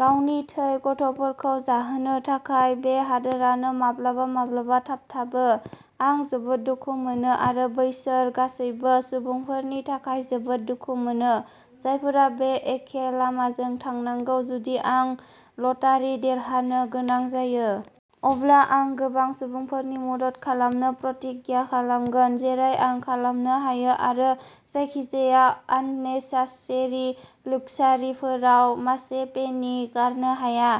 गावनि थै गथ'फोरखौ जाहोनो थाखाय। बे हादोरानो माब्लाबा माब्लाबा थाबथाबो। आं जोबोद दुखु मोनो आरो बैसोर गासैबो सुबुंफोरनि थाखाय जोबोद दुखु मोनो। जायफोरा बे एखे लामाजों थांनांगौ। जुदि आं लटारि देरहानो गोनां जायो। अब्ला आं गोबां सुबुंफोरनि मदद खालामनो प्रतिग्या खालामगोन। जेरै आं खालामनो हायो आरो जायखिजाया आननेसासेरि लुक्सारिफोराव मासे पेनि गारनो हाया।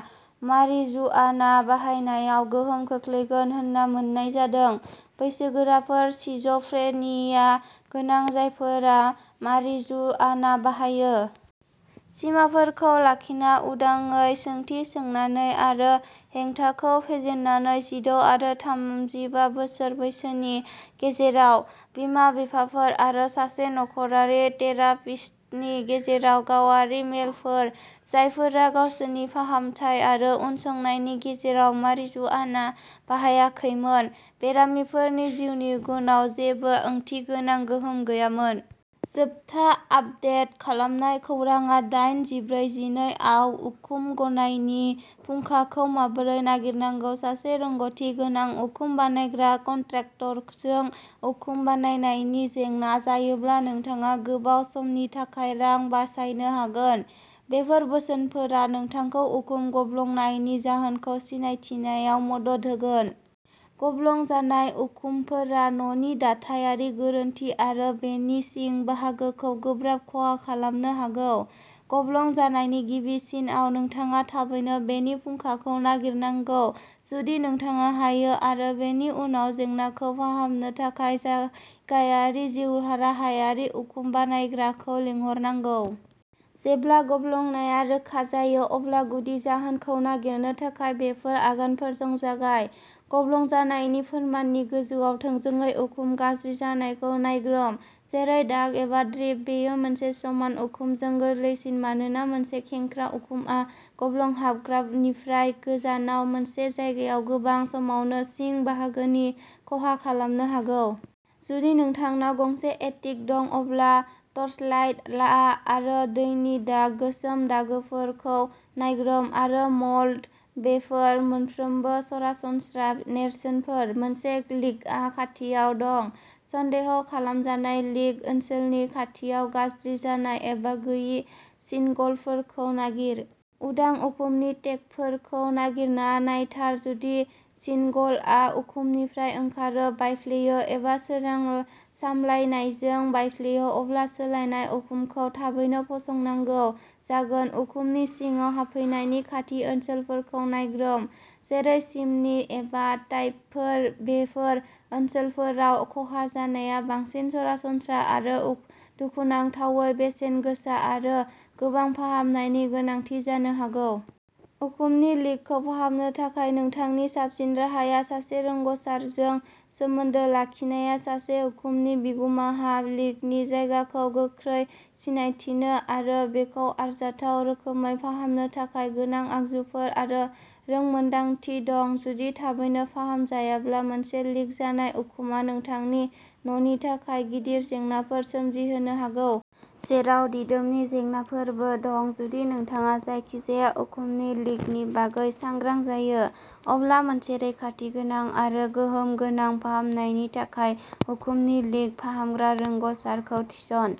मारिजुआना बाहायनायाव गोहोम खोख्लैगोन होनना मोननाय जादों। बैसोगोराफोर सिज'फ्रेनिया गोनां जायफोरा मारिजुआना बाहायो। सिमाफोरखौ लाखिना उदाङै सोंथि सोंनानै आरो हेंथाखौ फेजेननानै। जिद’ आरो थामजिबा बोसोर बैसोनि गेजेराव। बिमा-बिफाफोर आरो सासे नख'रारि थेरापिस्टनि गेजेराव गावारि मेलफोर। जायफोरा गावसोरनि फाहामथाय आरो उनसंनायनि गेजेराव मारिजुआना बाहायाखैमोन। बेरामिफोरनि जिउनि गुनआव जेबो ओंथिगोनां गोहोम गैयामोन। जोबथा आपडेट खालामनाय खौरांआ दाइन जिब्रै जिनै आव। उखुम गनायनि फुंखाखौ माबोरै नागिरनांगौ। सासे रोंग'थि गोनां उखुम बानायग्रा कन्ट्राक्टरजों उखुम बानायनायनि जेंना जायोब्ला नोंथाङा गोबाव समनि थाखाय रां बासायनो हागोन। बेफोर बोसोनफोरा नोंथांखौ उखुम गब्लंनायनि जाहोनखौ सिनायथिनायाव मदद होगोन। गब्लं जानाय उखुमफोरा न'नि दाथायारि गोरोनथि आरो बेनि सिं बाहागोखौ गोब्राब खहा खालामनो हागौ। गब्लं जानायनि गिबि सिनआव नोंथाङा थाबैनो बेनि फुंखाखौ नागिरनांगौ जुदि नोंथाङा हायो आरो बेनि उनाव जेंनाखौ फाहामनो थाखाय जायगायारि जिउराहायारि उखुम बानायग्राखौ लिंहरनांगौ। जेब्ला गब्लंनाया रोखा जायो अब्ला गुदि जाहोनखौ नागिरनो थाखाय बेफोर आगानफोरजों जागाय। गब्लं जानायनि फोरमाननि गोजौआव थोंजोङै उखुम गाज्रि जानायखौ नायग्रोम। जेरै दाग एबा ड्रिप। बेयो मोनसे समान उखुमजों गोरलैसिन। मानोना मोनसे खेंख्रा उखुमआ गब्लं हाबग्रानिफ्राय गोजानाव मोनसे जायगायाव गोबां समावनो सिं बाहागोनि खहा खालामनो हागौ। जुदि नोंथांनाव गंसे एटिक दं अब्ला टर्चलाइट ला आरो दैनि दाग गोसोम दागोफोरखौ नायग्रोम। आरो मल्ड। बेफोर मोनफ्रोमबो सरासनस्रा नेरसोनफोर मोनसे लिकआ खाथियाव दं। सन्देह खालामजानाय लिक ओनसोलनि खाथियाव गाज्रि जानाय एबा गोयि सिनगलफोरखौ नागिर। उदां उखुमनि टेकफोरखौ नागिरना नायथार। जुदि शिनगलआ उखुमनिफ्राय ओंखारो बायफ्लेयो एबा सोरां सामलायनायजों बायफ्लेयो अब्ला सोलायनाय उखुमखौ थाबैनो फसंनांगौ जागोन। उखुमनि सिङाव हाबफैनायनि खाथि ओनसोलफोरखौ नायग्रोम। जेरै चिमनि एबा पाइपफोर। बेफोर ओनसोलफोराव खहा जानाया बांसिन सरासनस्रा आरो दुखुनांथावै बेसेन गोसा आरो गोबां फाहामनायनि गोनांथि जानो हागौ। उखुमनि लिकखौ फाहामनो थाखाय नोंथांनि साबसिन राहाया सासे रोंग'सारजों सोमोन्दो लाखिनाया। सासे उखुमनि बिगुमाहा लिकनि जायगाखौ गोख्रै सिनायथिनो आरो बेखौ आरजाथाव रोखोमै फाहामनो थाखाय गोनां आगजुफोर आरो रोंमोनदांथि दं। जुदि थाबैनो फाहामजायाब्ला मोनसे लिक जानाय उखुमआ नोंथांनि न'नि थाखाय गिदिर जेंनाफोर सोमजिहोनो हागौ। जेराव दिदोमनि जेंनाफोरबो दं। जुदि नोंथाङा जायखिजाया उखुमनि लिकनि बागै सांग्रां जायो। अब्ला मोनसे रैखाथिगोनां आरो गोहोम गोनां फाहामनायनि थाखाय उखुमनि लिक फाहामग्रा रोंग'सारखौ थिसन।